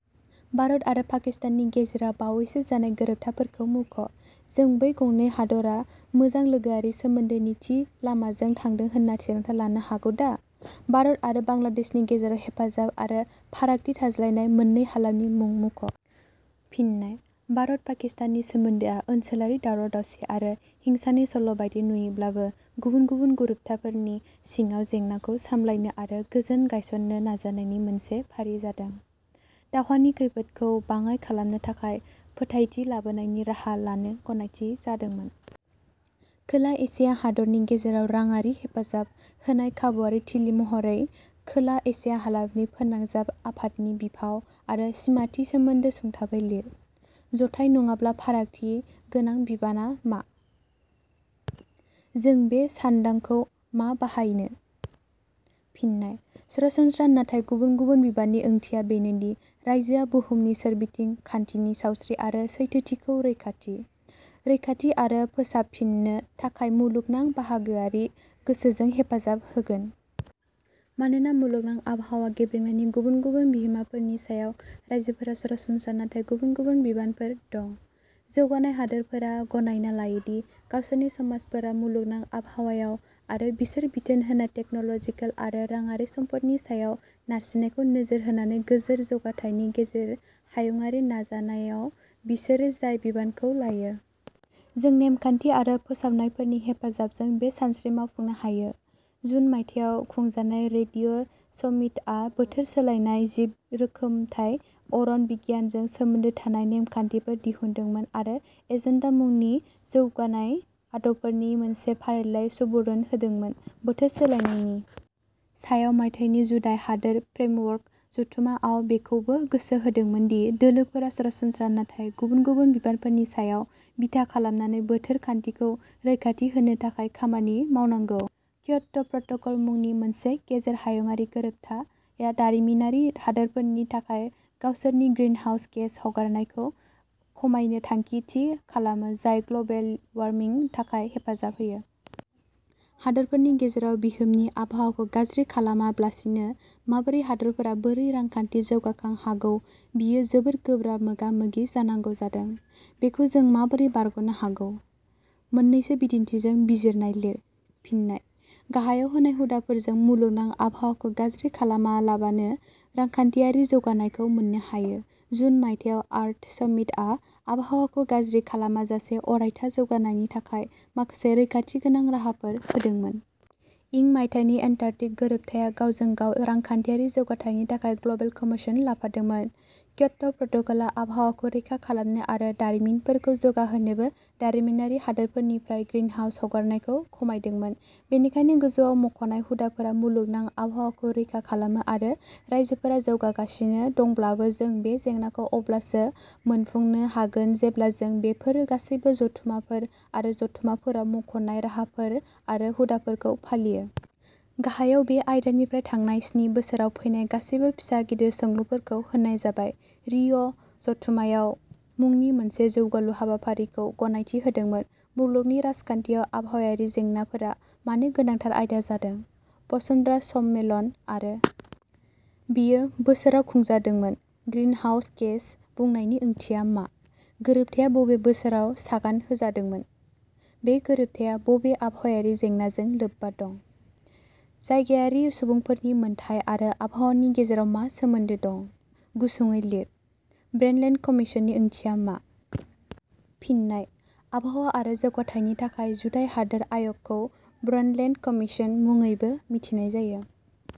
भारत आरो पाकिस्ताननि गेजेराव बावैसो जानाय गोरोबथा फोरखौ मुंख'। जों बै गनै हादरा मोजां लोगोयारि सोमोन्दोनि थि लामाजों थांदों होनना थिरां जानो हागौदा? भारत आरो बांलादेशनि गेजेराव हेफाजाब आरो फारागथि थाज्लायनाय मोननै हालामनि मुं मुख'। फिन्नाय: भारत-पाकिस्ताननि सोमोन्दोआ ओनसोलारि दावराव-दावसि आरो हिंसानि सल' बायदि नुयोब्लाबो, गुबुन गुबुन गोरोबथाफोरनि सिङाव जेंनाखौ सामलायनो आरो गोजोन गायसननो नाजानायनि मोनसे फारि जादों: दावहानि खैफोदखौ बाङाय खालामनो थाखाय फोथायथि लाबोनायनि राहा लानो गनायथि जादोंमोन। खोला एचिया हादरनि गेजेराव राङारि हेफाजाब होनाय खाबुवारि थिलि महरै खोला एचिया हालामारि फोनांजाब आफादनि बिफाव आरो सिमाथि सोमोन्दै सुंथाबै लिर। जथाइ नङाब्ला फारागथि गोनां बिबाना मा? जों बे सान्दांखौ मा बाहायनो? फिननाय: सरासनस्रा नाथाय गुबुन-गुबुन बिबाननि ओंथिया बेनोदि रायजोआ बुहुमनि सोरबिथिं खान्थिनि सावस्रि आरो सैथोथिखौ रैखाथि, रैखाथि आरो फोसाबफिन्नो थाखाय मुलुगनां बाहागोआरि गोसोजों हेफाजाब होगोन। मानोना मुलुगनां आबहावा गेब्रेंनायनि गुबुन गुबुन बिहोमाफोरनि सायाव रायजोफोरहा सरासनस्रा नाथाय गुबुन-गुबुन बिबानफोर दं। जौगानाय हादोरफोरा गनायना लायो दि गावसोरनि समाजफोरा मुलुगनां आबहावायाव आरो बिसोर बिथोन होनाय टेक-न 'ल 'जिकेल आरो राङारि सम्फदफोरनि सायाव नारसिननायखौ नोजोर होनानै गोजोर जौगाथायनि गेजेर हायुंआरि नाजानायाव बिसोर जाय बिबानखौ लायो। जों नेमखान्थि आरो फोसावनायफोरनि हेफाजाबजों बे सानस्रि मावफुंनो हायो :.जुन मायथाइयाव खुंजानाय रिअ'-समिटआ बोथोर सोलायनाय, जिब रोखोमथाय, अरन बिगियानजों सोमोन्दो थानाय नेमखान्थिफोर दिहुनदोंमोन आरो एजेन्डा मुंनि जौगानाय आदबफोरनि मोनसे फारिलाइ सुबुरुन होदोंमोन।.बोथोर सोलायनायनि सायाव मायथाइनि जुधाइ, हादोर फ्रेमवर्क जथुम्मा आ बेखौबो गोसो होदोंमोन दि दोलोफोरा सरासनस्त्रा नाथाय गुबुन गुबुन बिबानफोरनि सायाव बिथा खालामनाने बोथोर खान्थिखौ रैखाथि होनो थाखाय खामानि मावनांगौ; क्योट' प्रट'कल मुनि मोनसे गेजेर हायुंआरि गोरोबथाया दारिमिनारि हादोरफोरनि थाखाय गावसोरनि ग्रीनहाउस गेस हगारनायखौ खमायनो थांखि थि खालामो जाय ग्ल 'बेल वार्मिनि थाखाय हेफाजाब होयो। हादरफोनि गेजेराव बिहिमनि आबहावाखौ गाज्रि खालामाब्लासिनो माबोरै हादरफोरा बोरौ रांखान्थि जौगाखां हागौ बियो जोबोर गोब्रा मोगा मोगि जानांगौ जादों? बेखौ जों माबोरै बारग 'नो हागौ? मोननैसो बिदिन्थिजों बिजिरनाय लिए। फिन्नाय: गाहायाव होनाय हुदाफोरजों मुलुगनां आबहावाखौ गाज्रि खालामालाबानो रांखान्थियारि जौगानायखौ मोननो हायो: जुन मायथाइयाव, आर्थ समिटआ आबहावाखौ गाज्रि खालामाजासे अरायथा जौगानायनि थाखाय माखासे रैखाथि गोनां राहाफोर होदोंमोन। इं मायथाइनि एन्टार्कटिक गोरोबथाया गावजों गाव रांखान्थियारि जौगाथायनि थाखाय ग्लबेल कमन्सखौ लाफादोंमोन। क्योट' प्रट'कलआ आबहावाखौ रैखा खालामनो आरो दारिमिनफोरखौ जौगाहोनोबो दारिमिनारि हादोरफोरनिफ्राय ग्रीनहाउस हगारनायखौ खमायदोंमोन। बेनिखायनो, गोजौआव मख'नाय हुदाफोरा मुलुगनां आबहावाखौ रैखा खालामो आरो रायजोफोरा जौगागासिनो दंब्लाबो जों बे जेंनाखौ अब्लासो मोनफुंनो हागोन जेब्ला जों बेफोर गासैबो जथुम्माफोर आरो जथुम्माफोराव मुंख 'नाय राहाफोर आरो हुदाफोरखौ फालियो। गाहायाव बे आयदानिफ्राय थांनाय स्नि बोसोराव फैनाय गासैबो फिसा- गिदिर सोंलुफोरखौ होनाय जाबाय। रि. अ. जथुम्माया - मुंनि मोनसे जौगालु हाबाफारिखौ गनायथि होदोंमोन। मुलुगनि राजखान्थियाव आबहावायारि जेंनाफोरा मानो गोनांथार आयदा जादों? बसुन्धरा सम्मेलन आरो…. बेयो बोसोराव खुंजादोंमोन। 'ग्रीनहाउस गेस' बुंनायनि ओंथिया मा? गोरोबथाया बबे बोसोराव सागान होजादोंमोन? बे गोरोबथाया बबे आबहावायारि जेंनाजों लोब्बा दं? जायगायारि सुबुंफोरनि मोन्थाय आरो आबहावानि गेजेराव मा सोमोन्दो दं? गुसुङै लिर। ब्रन्डलेन्ड कमिसननि ओंथिया मा? फिन्नाय: आबहावा आरो जौगाथायनि थाखाय जुधाइ हादोर आय 'गखौ ब्रन्डलेन्ड कमिसन मुङैबो मिथिनाय जायो।